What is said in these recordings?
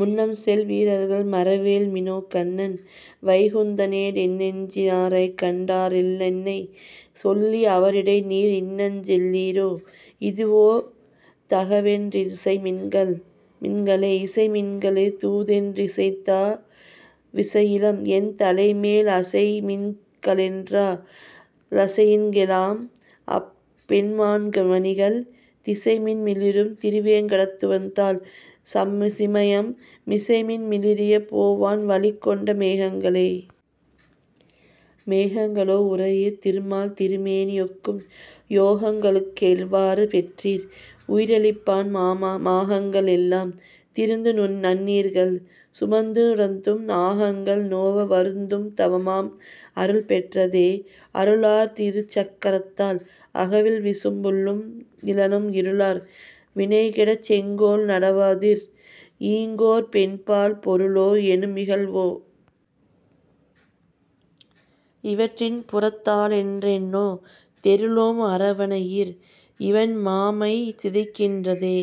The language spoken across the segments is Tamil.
முன்னம்செல் வீர்கள் மறவேல்மினோகண்ணன் வைகுந்தனோ டென்னெஞ்சி னாரைக்கண் டாலென்னைச் சொல்லி அவரிடைநீர் இன்னஞ்செல் லீரோ, இதுவோ தகவென் றிசைமின்களே. இசைமின்கள் தூதென் றிசைத்தா லிசையிலம், என்தலைமேல் அசைமின்க ளென்றா லசையிங்கொலாம், அம்பொன் மாமணிகள் திசைமின் மிளிரும் திருவேங்கடத்துவன் தாள்சிமயம் மிசைமின் மிளிரிய போவான் வழிக் கொண்ட மேகங்களே. மேகங்க ளோ. உரை யீர், திருமால்திரு மேனியொக்கும் யோகங்க ளுங்களுக் கெவ்வாறு பெற்றீர், உயிரளிப்பான் மாகங்க ளெல்லாம் திரிந்துநன்னீர்கள் சுமந்து_ந்தம் ஆகங்கள் நோவ, வருந்தும் தவமாம் அருள்பெற்றதே? அருளார் திருச்சக் கரத்தால் அகல்விசும் பும்நிலனும் இருளார் வினைகெடச் செங்கோல் நடாவுதிர், ஈங்கோர்பெண்பால் பொருளோ எனுமிகழ் வோ? இவற்றின்புறத் தாளென்றெண்ணோ? தெருளோம் அரவணை யீர், இவள் மாமை சிதைக்கின்றதே.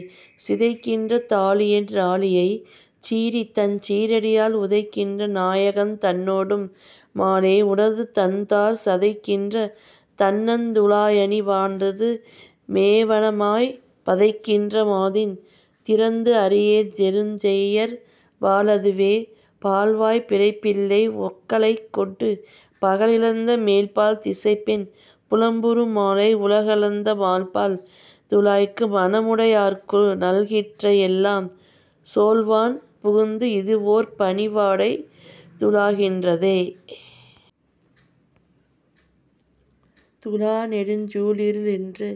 சிதைக்கின்ற தாழியென் றாழியைச் சீறி, தன் சீறடியால் உதைக்கின்ற நாயகந் தன்னொடும் மாலே, உனதுதண்தார் ததைக்கின்ற தண்ணந் துழாயணி வானது வேமனமாய்ப் பதைக்கின்ற மாதின் திறத்துஅறியேஞ்செயற் பாலதுவே. பால்வாய்ப் பிறைப்பிள்ளை ஒக்கலைக் கொண்டு, பகலிழந்த மேல்பால் திசைப்பெண் புலம்புறு மாலை, உலகளந்த மால்பால் துழாய்க்கு மனமுடை யார்க்குநல் கிற்றையெல்லாம் சோல்வான் புகுந்து, இது வோர்பனி வாடை துழாகின்றதே. துழாநெடுஞ் சூழிரு ளென்று,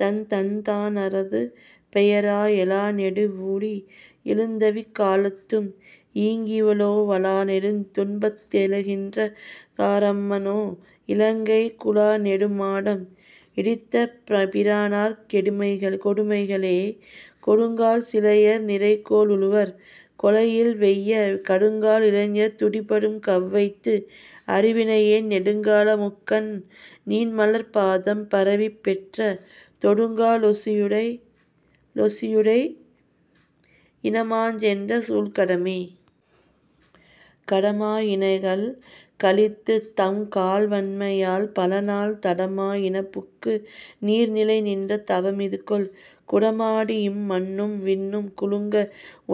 தன் தண்தா ரதுபெயரா எழாநெடு வூழி யெழுந்தவிக் காலத்தும், ஈங்கிவளோ வழாநெடுந் துன்பத்த ளென்றிரங் காரம்ம னோ. இலங்கைக் குழாநெடு மாடம், இடித்த பிரானார் கொடுமைகளே. கொடுங்கால் சிலையர் நிரைகோ ளுழவர், கொலையில்வெய்ய கடுங்கால் இளைஞர் துடிபடும் கவ்வைத்து, அருவினையேன் நெடுங்கால மும்கண் நீண்மலர்ப் பாதம் பரவிப் பெற்ற தொடுங்கா லொசியு மிடை, இள மாஞ்சென்ற சூழ்கடமே. கடமா யினகள் கழித்து, தம் கால்வன்மை யால்பலநாள் தடமா யினபுக்கு நீர்நிலை நின்ற தவமிதுகொல், குடமாடி யிம்மண்ணும் விண்ணும் குலுங்க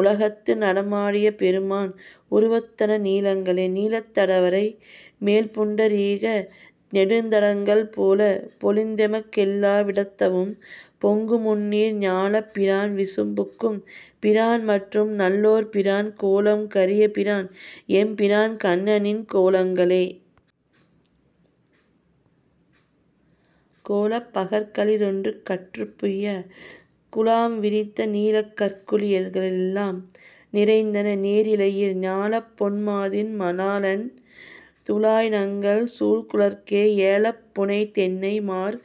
உலகத்து நடமா டியபெரு மான், உரு வொத்தன நீலங்களே. நீலத் தடவரை மேல்புண்ட ரீக நெடுந்தடங்கள் போல, பொலிந்தெமக் கெல்லா விடத்தவும், பொங்குமுந்நீர் ஞாலப் பிரான்விசும் புக்கும் பிரான்மற்றும் நல்லோர்பிரான் கோலம் கரிய பிரான், எம்பிரான்கண்ணின் கோலங்களே. கோலப் பகற்களி றொன்றுகற் புய்ய, குழாம்விரிந்த நீலக்கங் குற்களி றெல்லாம் நிறைந்தன, நேரிழையீர். ஞாலப்பொன் மாதின் மணாளன் துழாய்நங்கள் சூழ்குழற்கே ஏலப் புனைந்தென்னை மார்,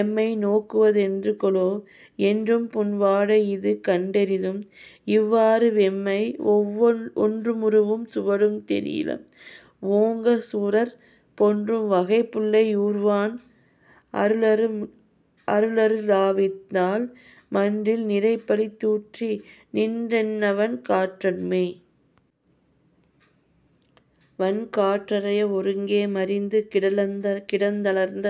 எம்மை நோக்குவ தென்றுகொலோ. என்றும்புன் வாடை யிதுகண்டறிதும், இவ் வாறுவெம்மை ஒன்றுமுருவும் சுவடும் தெரியிலம், ஓங்கசுரர் பொன்றும் வகைபுள்ளை யூர்வான் அருளரு ளாதவிந்நாள் மன்றில் நிறைபழி தூற்றி, நின்றென்நவன் காற்றடுமே. வன்காற் றறைய ஒருங்கே மறிந்து கிடந்தலர்ந்த,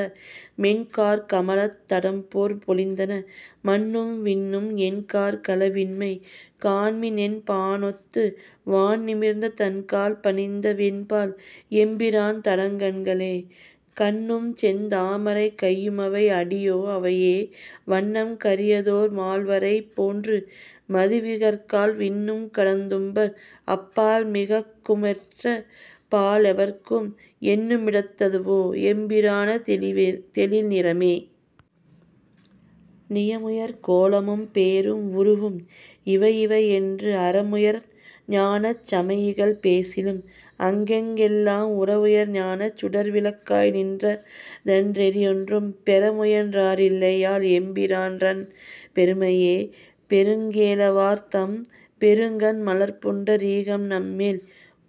மென்காற் கமலத் தடம்போற் பொலிந்தன, மண்ணும்விண்ணும் என்காற் களவின்மை காண்மினென் பானொத்து வான்நிமிர்ந்த தன்கால்பணிந்தவென் பால், எம்பிரான தடங்கண்களே. கண்ணும்செந் தாமரை கையு மவைஅடி யோஅவையே, வண்ணம் கரியதோர் மால்வரை போன்று, மதிவிகற்பால் விண்ணும் கடந்தும்பர் அப்பால்மிக் குமற்றெப் பால்எவர்க்கும் எண்ணு மிடத்தது வோ, எம்பிரான தெழில்நிறமே? நியமுயர் கோலமும் பேரும் உருவும் இவையிவையென்று, அறமுயல் ஞானச் சமயிகள் பேசிலும், அங்கங்கெல்லாம் உறவுயர் ஞானச் சுடர்விளக் காய்நின்ற தன்றியொன்றும் பெறமுயன் றாரில்லை யால், எம்பி ரான்றன் பெருமையையே. பெருங்கேழ லார்தம் பெருங்கண் மலர்ப்புண்ட ரீகம்நம்மேல்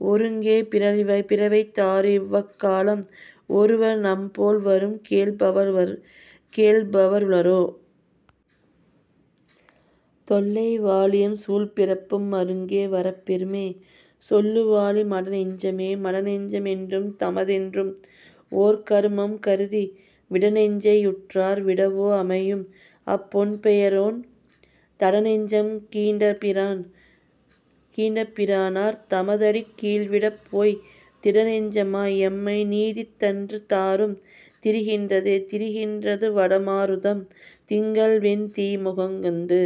ஒருங்கே பிறழவைத் தாரிவ்வ காலம், ஒருவர்நம்போல் வரும்கேழ் பவருள ரே? தொல்லை வாழியம் சூழ்பிறப்பும் மருங்கே வரப்பெறு மே, சொல்லுவாழி மடநெஞ்சமே. மடநெஞ்ச மென்றும் தமதென்றும், ஓர்கரு மம்கருதி, விடநெஞ்சை யுற்றார் விடவோ அமையும், அப் பொன்பெயரோன் தடநெஞ்சம் கீண்ட பிரானார் தமதடிக் கீழ்விடப்போய்த் திடநெஞ்ச மாய், எம்மை நீதித்தன்று தாறும் திரிகின்றதே. திரிகின் றதுவட மாருதம், திங்கள்வெந் தீமுகந்து